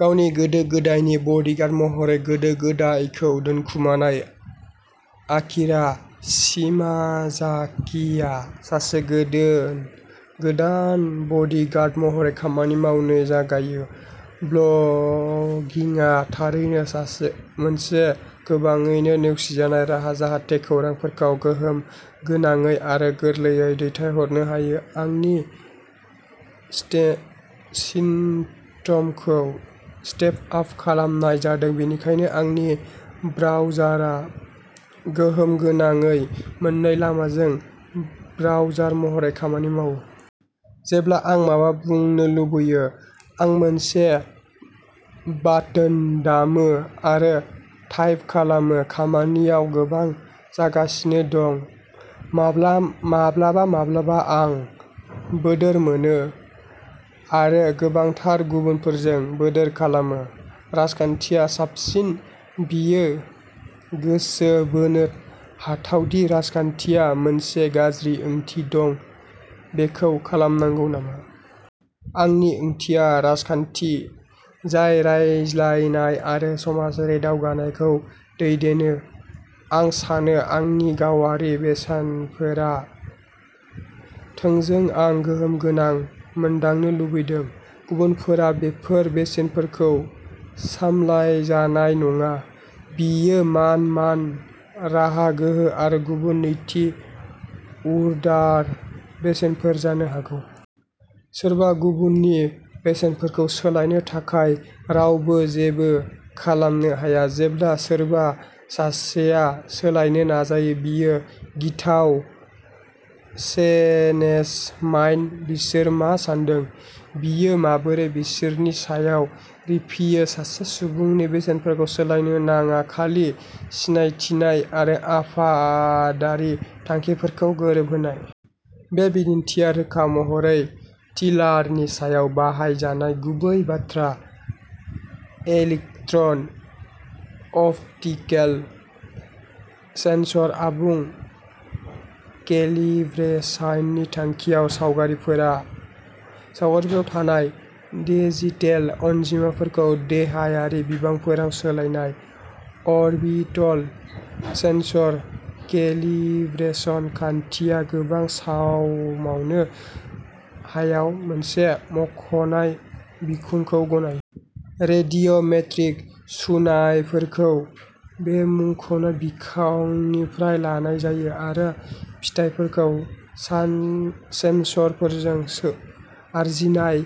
गावनि गोदो गोदायनि बडिगार्ड महरै गोदो गोदायखौ दोनखोमानाय आकिरा शिमाजाकिआ सासे गोदान बडिगार्ड महरै खामानि मावनो जागायो। ब्लगिंआ थारैनो मोनसे गोबाङैनो नेवसिनाय राहा जाहाथे खौरांफोरखौ गोहोम गोनाङै आरो गोरलैयै दैथायहरनो हायो। आंनि सिस्टेमखौ सेट आप खालामनाय जादों बेनिखायनो आंनि ब्राउजारआ गोहोम गोनाङै मोननै लामाजों ब्राउजार महरै खामानि मावो। जेब्ला आं माबा बुंनो लुबैयो आं मोनसे बाटोन दामो आरो टाइप खालामो खामानियाव गोबां जागासिनो दं। माब्लाबा माब्लाबा आं बोदोर मोनो आरो गोबांथारै गुबुनफोरखौ बोदोर खालामो राजखान्थिया साबसिन। बेयो गोसो बोनो हाथाव दि राजखान्थिया मोनसे गाज्रि ओंथि दं बेखौ खालामनांगौ नामा? आंनि ओंथिया राजखान्थि जाय रायज्लायनाय आरो समाजारि दावगानायखौ दैदेनो आं सानो आंनि गावारि बेसेनफोरा थोंजों आं गोहोम गोनां मोनदांनो लुबैदों। गुबुनफोरा बेफोर बेसेनफोरजों सालायजानाय नङा बेयो मान मान रां गोहो आरो गुबुन नैथि अर्डार बेसेनफोर जानो हागौ। सोरबा गुबुननि बेसेनफोरखौ सोलायनो थाखाय रावबो जेबो खालामनो हाया। जेब्ला सोरबा सासेया सोलायनो नाजायो बेयो गिथाव चनेज माइन बिसोर मा सान्दों? बेयो माबोरै बिसोरनि सायाव रिफियो सासे सुबुंनि बेसेनफोरखौ सोलायनो नाङा खालि सिनायथिनाय आरो आफादारि थांखिफोरजों गोरोबहोनाय। बे बिदिन्थिआ रोखा महरै टिलारनि सायाव बाहायजानाय। गुबै बाथ्रा इलेक्ट्र अप्टिकेल सेनसर आबुं केलिब्रेशननि थांखिया सावगारिफोराव थानाय डिजिटेल अनजिमाफोरखौ देहायारि बिबांफोराव सोलायनाय। अरबिटल सेनसर केलिब्रेशन खान्थिया गोबां समावनो हायाव मोनसे मुंख'नाय बिखंखौ गनायो। रेडिय'मेट्रिक सुनायफोरखौ बे मुंख'नाय बिखंनिफ्राय लानाय जायो आरो फिथायफोरखौ सेनसरफोरजों आरजिनाय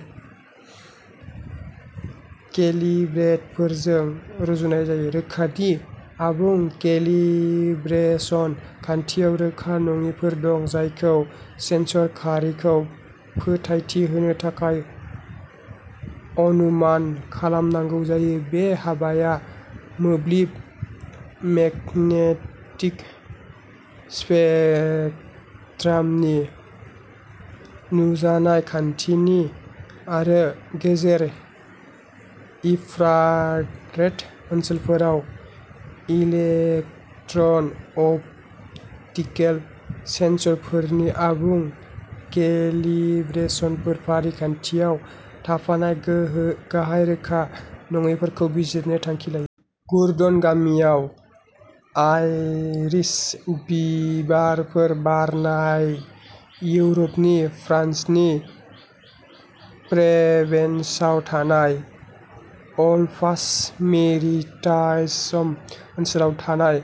केलिब्रेटफोरजों रुजुनाय जायो। रोखा दि आबुं केलिब्रेशन खान्थियाव रोखा नङिफोर दं जायखौ सेनसर खारिखौ फोथायथि होनो थाखाय अनुमान खालामनांगौ जायो। बे हाबाया मोब्लिब मेगनेटिक स्पेकट्रामनि नुजानाय खाथिनि आरो गेजेर इन्फ्रारेड ओनसोलफोराव इलेक्ट्र अप्टिकेल सेनसरफोरनि आबुं केलिब्रेशननि फारिखान्थियाव थाफानाय गाहाय रोखा नङैफोरखौ बिजिरनो थांखि लायो। गुरडन गामियाव आइरिस बिबारफोर बारनाय इउरपनि फ्रान्सनि प्रभेन्सआव थानाय आल्प्स मेरिटाइम्स ओनसोलाव थानाय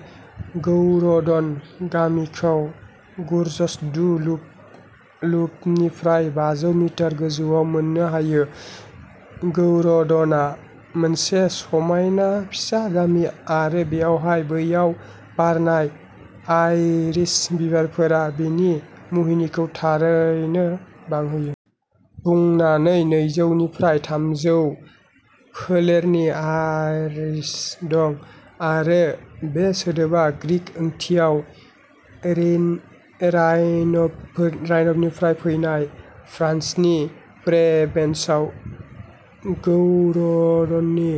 गौरडन गामिखौ गर्जेस डु लुपनिफ्राय बाजौ मिटार गोजौआव मोननो हायो। गौरडनआ मोनसे समायना फिसा गामि आरो बेवहाय बैयाव बारनाय आइरिस बिबारफोरा बेनि मुहिनिखौ थारैनो बांहोयो। बुहुमनाङै नैजौ निफ्राय थामजौ फोलेरनि आइरिस दं आरो बे सोदोबा ग्रीक ओंथिया रेइनबनिफ्राय फैनाय फ्रान्सनि प्रभेन्सआव गौरडननि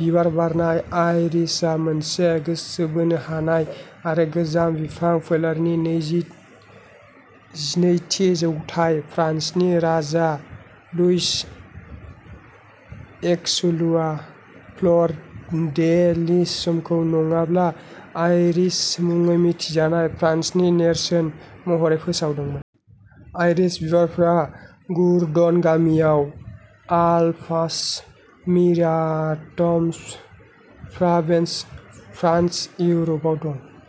बिबार बारनाय आइरिसआ मोनसे गोसो बोनो हानाय आरो गोजाम बिफां फोलेरनि। जिनैथि जौथायाव फ्रान्सनि राजा लुइस एक्सलआ फ्लुर डे लिसखौ नङाब्ला आइरिस मुङै मिथिजानाय फ्रान्सनि नेरसोन महरै फोसावदोंमोन। आइरिस बिबारफोरा गुरडन गामियाव आल्प्स मेरिटाइम्स प्रभेन्स फ्रान्स इउर'पआव दं।